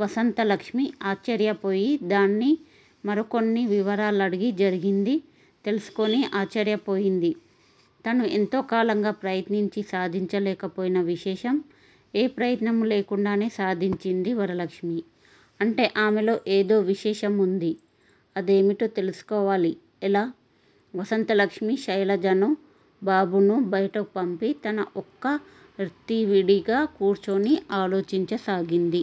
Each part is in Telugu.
వసంతలక్ష్మి ఆశ్చర్యపోయి దాన్ని మరొకొన్ని వివరాలడిగి జరిగింది తెలుసుకుని ఆశ్చర్యపోయింది. తను ఎంతోకాలంగా ప్రయత్నించి సాధించలేకపోయిన విశేషం ఎ ప్రయత్నమూ లేకుండానే సాధించింది వరలక్ష్మి. అంటే ఆమెలో ఏదోవిశేషముంది. అదేమిటో తెలుసుకోవాలి ఎలా? వసంతలక్ష్మి శైలజనూ, బాబునూ బయటకుపంపి తన ఒక్క ర్తీవిడిగా కూర్చుని అలోచించసాగింది.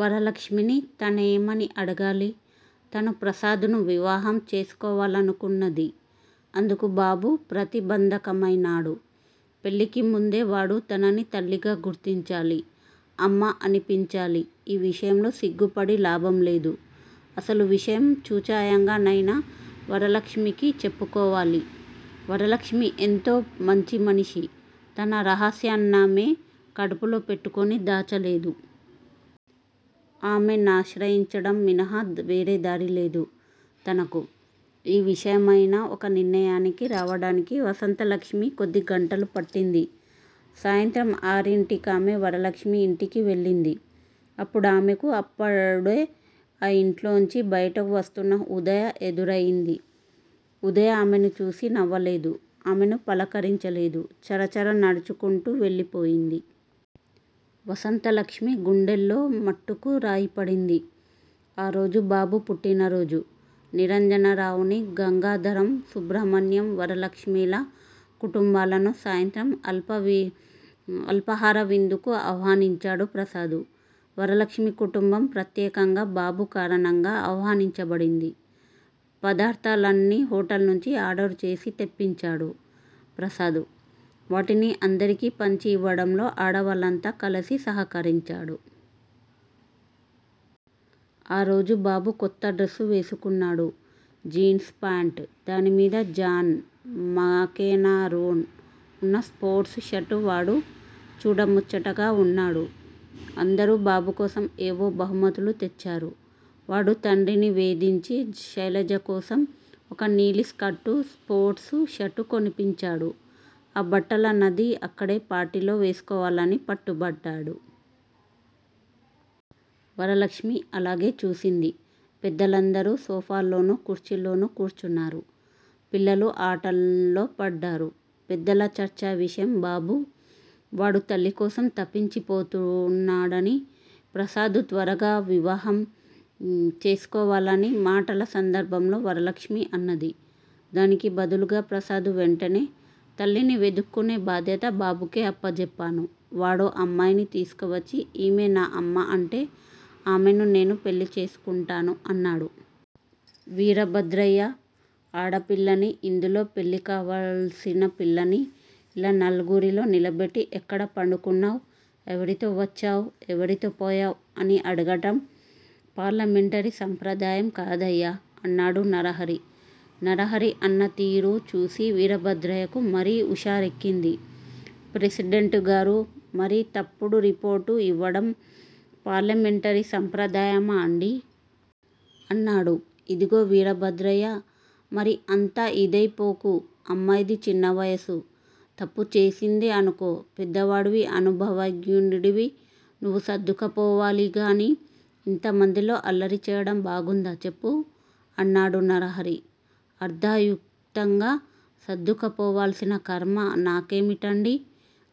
వరలక్ష్మిని తనేమని అడగాలి? తను ప్రసాదును వివాహం చేసుకోవలనుకున్నది. అందుకు బాబు ప్రతిబంధకమైనాడు. పెళ్ళికిముందే వాడు తనని తల్లిగా గుర్తించాలి. అమ్మా అనిపించాలి. ఈ విషయంలో సిగ్గుపడి లాభంలేదు. అసలువిషయం చూచాయగా నైనా వరలక్ష్మికి చెప్పుకోవాలి. వరలక్ష్మి ఎంతో మంచిమనిషి. తన రహస్యన్నామే కడుపులో పెట్టుకుని దాచలేదు. ఆమేనాశ్రయించడం మినహా వేరేదారిలేదు తనకు. ఈ విషయమైనా ఒక నిర్ణయానికి రావడానికి వసంతలక్ష్మి కొద్దిగంటలు పట్టింది. సాయంత్రం ఆరింటికామే వరలక్ష్మి ఇంటికి వెళ్ళింది. అప్పుడామెకు అప్పుడే ఆ ఇంట్లోంచి బయటకు వస్తున్న ఉదయ ఎదురయింది. ఉదయ ఆమెనుచూసి నవ్వలేదు. ఆమెను పలకరించలేదు. చరచరా నడుచుకుంటూ వెళ్ళిపోయింది. వసంతలక్ష్మి గుండెల్లో మటుక్కు రాయిపడింది. ఆరోజు బాబు పుట్టినరోజు. నిరంజనరావునీ, గంగాధరం, సుబ్రహ్మణ్యం, వరలక్ష్మి ల కుటుంబాలనూ సాయంత్రం అల్పాహారవిందుకు ఆహ్వానించాడు ప్రసాదు. వరలక్ష్మి కుటుంబం ప్రత్యేకంగా బాబు కారణంగా ఆహ్వానించబడింది. పదార్ధాలన్నీ హొటల్నుంచి ఆర్డరుచేసి తెప్పించాడు ప్రసాదు. వాటిని అందరికీ పంచి ఇవ్వడంలో ఆడవాళ్ళంతా కలసి సహకరించాడు. ఆరోజు బాబు కొత్తడ్రస్సు వేసుకున్నాడు. Jeans pant. దానిమీద జాన్ మకేనరోన్ ఉన్న స్పోర్ట్స్ షర్టు వాడు చూడముచ్చటగా వున్నాడు. అందరూ బాబుకోసం ఏవో బహుమతులుతెచ్చారు. వాడు తండ్రిని వేధించి శైలజకోసం ఒకనీలి స్కర్టు, స్పోర్ట్స్ షర్టు కొనిపించాడు. ఆ బట్టల నది అక్కడే పార్టీలో వేసుకోవాలని పట్టుబట్టాడు. వరలక్ష్మి అలాగే చూసింది. పెద్దలందరూ సోఫాల్లోనూ, కుర్చీల్లోనూ కూర్చున్నారు. పిల్లలు ఆటల్లోపడ్డారు. పెద్దల చర్చావిషయం బాబు. వాడుతల్లికోసం తపించిపోతున్నాదనీ ప్రసాదు త్వరగా విఇవాహం చేసుకోవాలనీ మాటల సందర్భంలో వరలక్ష్మి అన్నది. దానికి బదులుగా ప్రసాదు వెంటనే __ తల్లిని వెదుక్కునే బాధ్యత బాబుకే అప్పజెప్పాను. వాడో అమ్మాయిని తీసుకువచ్చి ఈమె నా అమ్మ అంటే ఆమెను నేను పెళ్ళిచేసుకుంటాను అన్నాడు. వీరభద్రయ్యా! ఆడపిల్లనీ, అందులో పెళ్ళికావాల్సిన పిల్లనీ, ఇలా నలుగురిలో నిలబెట్టి, ఎక్కడ పడుకున్నావ్. ఎవరితో వచ్చావ్ ఎవరితో పోయావ్ అని అడగడం పార్లమెంటరీ సాంప్రదాయం కాదయ్యా! అన్నాడు నరహరి. నరహరి అన్నతీరుచూసి వీరభద్రయ్యకు మరీ ఉషారెక్కింది. ప్రెసిడెంటుగారూ! మరి తప్పుడు రిపోర్టు లివ్వడం పార్లమెంటరీ సాంప్రదాయమాండీ? అన్నాడు. ఇదిగో వీరభద్రయ్యా! మరీ అంత ఇదైపోకు! అమ్మాయిది చిన్నవయస్సు తప్పుచేసిందే అనుకో పెద్దవాడివి అనుభవజ్ఞుడివి, నువ్వు సర్దుకుపోవాలిగాని ఇంతమందిలో అల్లరి చెయ్యడం బాగుందా చెప్పు? అన్నాడు నరహరి అర్ధయుక్తంగా. సర్దుకుపోవాల్సిన కర్మ నాకేమిటండీ?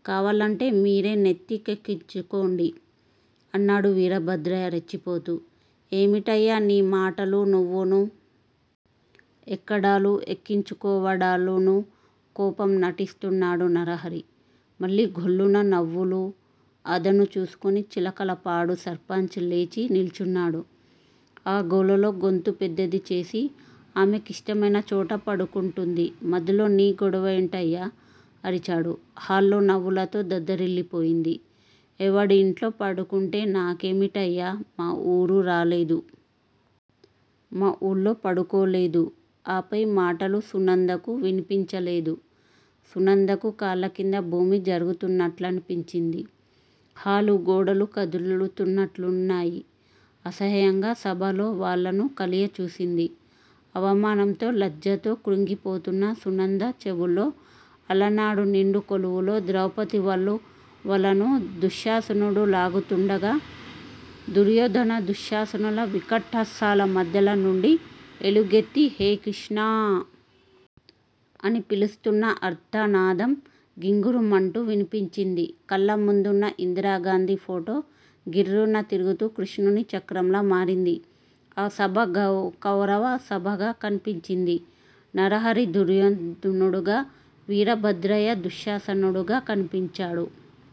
కావాలంటే మీరే నెత్తి కెక్కించుకోండి! అన్నాడు వీరభద్రయ్య రెచ్చిపోతూ. ఏమిటయ్యా నీ మాటలు నువ్వూనూ. ఎక్కడాలూ ఎక్కించుకోవడాలూనూ? కోపం నటిస్తున్నాడు నరహరి. మళ్ళీ ఘొల్లున నవ్వులు. అదను చూసుకొని చిలకలపాడు సర్పంచ్ లేచి నిల్చున్నాడు. ఆ గోలలో గొంతు పెద్దదిచేసి ఆమెకిష్టమైనచోట పడుకుంటుంది. మధ్యలో నీ గొడవేంటయ్యా అరిచాడు. హాలు నవ్వులతో దద్దరిల్లిపోయింది. ఎవడింట్లో పడుకుంటే నాకేమిటయ్యా! మా ఊరు రాలేదు. మా ఊళ్ళో పడుకోలేదు. ఆ పై మాటలు సునందకు విన్పించలేదు. సునందకు కాళ్ళకింద భూమి జరుగుతున్నట్లనిపించింది. హాలుగోడలు కదులుతున్నట్టున్నాయి. అసహాయంగా సభలోవాళ్ళను కలియచూసింది. అవమానంతో, లజ్జతో కృంగిపోతున్న సునంద చెవుల్లో, అలనాడు నిండు కొలువులో ద్రౌపతి వలువలను దుశ్శాసనుడు లాగుతుండగా, దుర్యోధన దుశ్శాసనుల వికటాట్టహాసాల మధ్యనుండి ఎలుగెత్తి హే కృష్ణా! అని పిలుస్తున్న ఆర్తనాదం గింగురుమంటూ విన్పించింది. కళ్ళముందున్న ఇందిరాగాంధీ ఫోటో గిర్రున తిరుగుతూ కృష్ణుని చక్రంలా మారింది. ఆ సభ కౌరవ సభగా కన్పించింది. నరహరి దుర్యోధనుడుగా, వీరభద్రయ్య దుశ్శాసనుడుగా కన్పించాడు